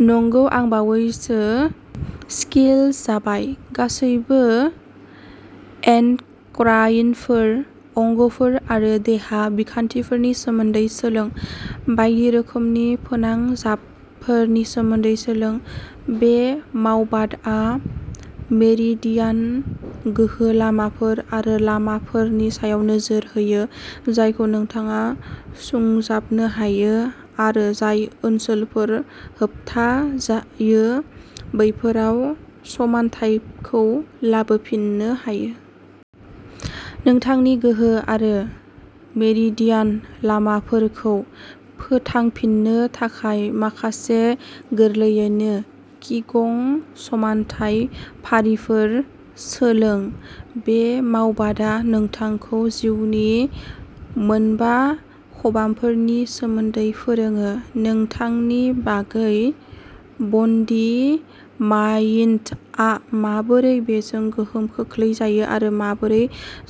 नंगौ, आं बावैसो स्किल्स जाबाय। गासैबो एन्डक्राइनफोर, अंगफोर आरो देहा बिखान्थिफोरनि सोमोन्दै सोलों। बायदि रोखोमनि फोनांजाबफोरनि सोमोन्दै सोलों। बे मावबादाआ मेरिडियान गोहो लामाफोर आरो लामाफोरनि सायाव नोजोर होयो, जायजों नोंथाङा सुंजाबनो हायो आरो जाय ओनसोलफोरा होबथाजायो, बैफोराव समानथायखौ लाबोफिननो हायो। नोंथांनि गोहो आरो मेरिडियान लामाफोरखौ फोथांफिन्नो थाखाय माखासे गोरलैयैनो कि गं समानथाय फारिफोर सोलों। बे मावबादाआ नोंथांखौ जिउनि मोनबा खबामफोरनि सोमोन्दै फोरोङो, नोंथांनि गासै बडीमाइन्डआ माबोरै बेजों गोहोम खोख्लैजायो, आरो माबोरै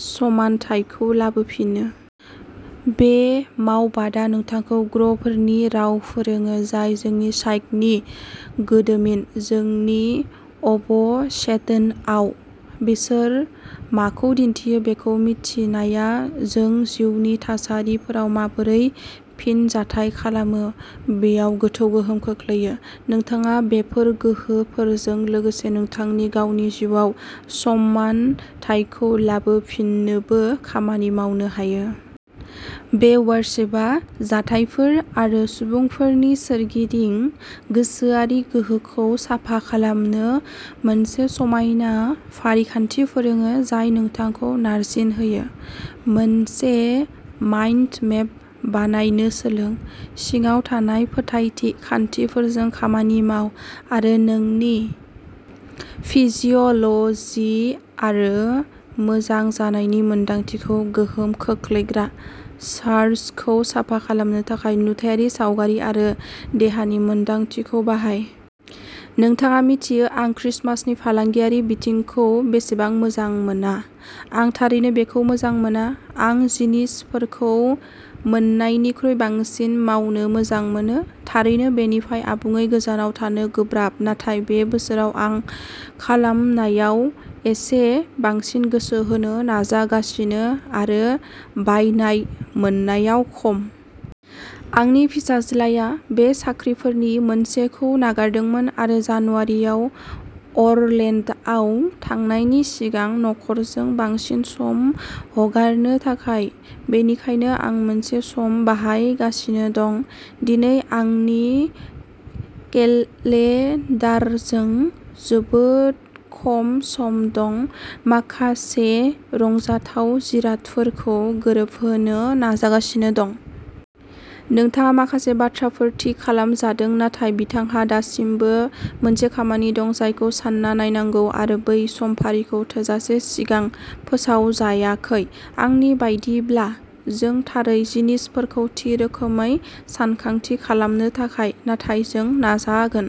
समानथायखौ लाबोफिनो। बे मावबादाआ नोंथांखौ ग्रहफोरनि राव फोरोङो, जाय जोंनि साइकनि गोदोमिन। जोंनि अबचेतनआव बिसोर माखौ दिन्थियो बेखौ मिथिनाया जों जिउनि थासारिफोराव माबोरै फिनजाथाय खालामो बेयाव गोथौ गोहोम खोख्लैयो। नोंथाङा बेफोर गोहोफोरजों लोगोसे नोंथांनि गावनि जिउआव समानथायखौ लाबोफिननोबो खामानि मावनो हायो। बे वर्कसपआ जाथायफोर आरो सुबुंफोरनि सोरगिदिं गोसोआरि गोहोखौ साफा खालामनो मोनसे समायना फारिखान्थि फोरोङो, जाय नोंथांखौ नारसिनहोयो। मोनसे माइन्ड मेप बानायनो सोलों, सिङाव थानाय फोथायथि खान्थिफोरजों खामानि माव, आरो नोंनि फिजिअल'जि आरो मोजां जानायनि मोनदांथिखौ गोहोम खोख्लैग्रा चार्जखौ साफा खालामनो थाखाय नुथायारि सावगारि आरो देहानि मोनदांथिफोरखौ बाहाय। नोंथाङा मिथियो आं क्रिसमासनि फालांगियारि बिथिंखौ बेसेबां मोजां मोना। आं थारैनो बेखौ मोजां मोना। आं जिनिसफोरखौ मोननायनिख्रुइ बांसिन मावनो मोजां मोनो। थारैनो, बेनिफ्राय आबुङै गोजानाव थानो गोब्राब नाथाय बे बोसोराव आं खालामनायाव एसे बांसिन गोसो होनो नाजागासिनो, आरो बायनाय/मोननायाव खम। आंनि फिसाज्लाया बे साख्रिफोरनि मोनसेखौ नागारदोंमोन आरो जानुवारियाव अरलेन्ड'आव थांनायनि सिगां नखरजों बांसिन सम हगारनो थाखाय, बेनिखायनो आं मोनसे सम बाहायगासिनो दं। दिनै आंनि केलेन्डारजों जोबोद खम सम दं, माखासे रंजाथाव जिरादफोरखौ गोरोबहोनो नाजागासिनो दं। जोंहा माखासे बाथ्राफोर थि खालामजादों नाथाय बिथांहा दासिमबो मोनसे खामानि दं जायखौ सान्ना नायनांगौ आरो बै समफारिखौ थोजासे सिगां फोसावजायाखै, आंनि बायदिब्ला, जों थारै जिनिसफोरखौ थि रोखोमै सानथांखि खालामनो थाखाय, नाथाय जों नाजागोन।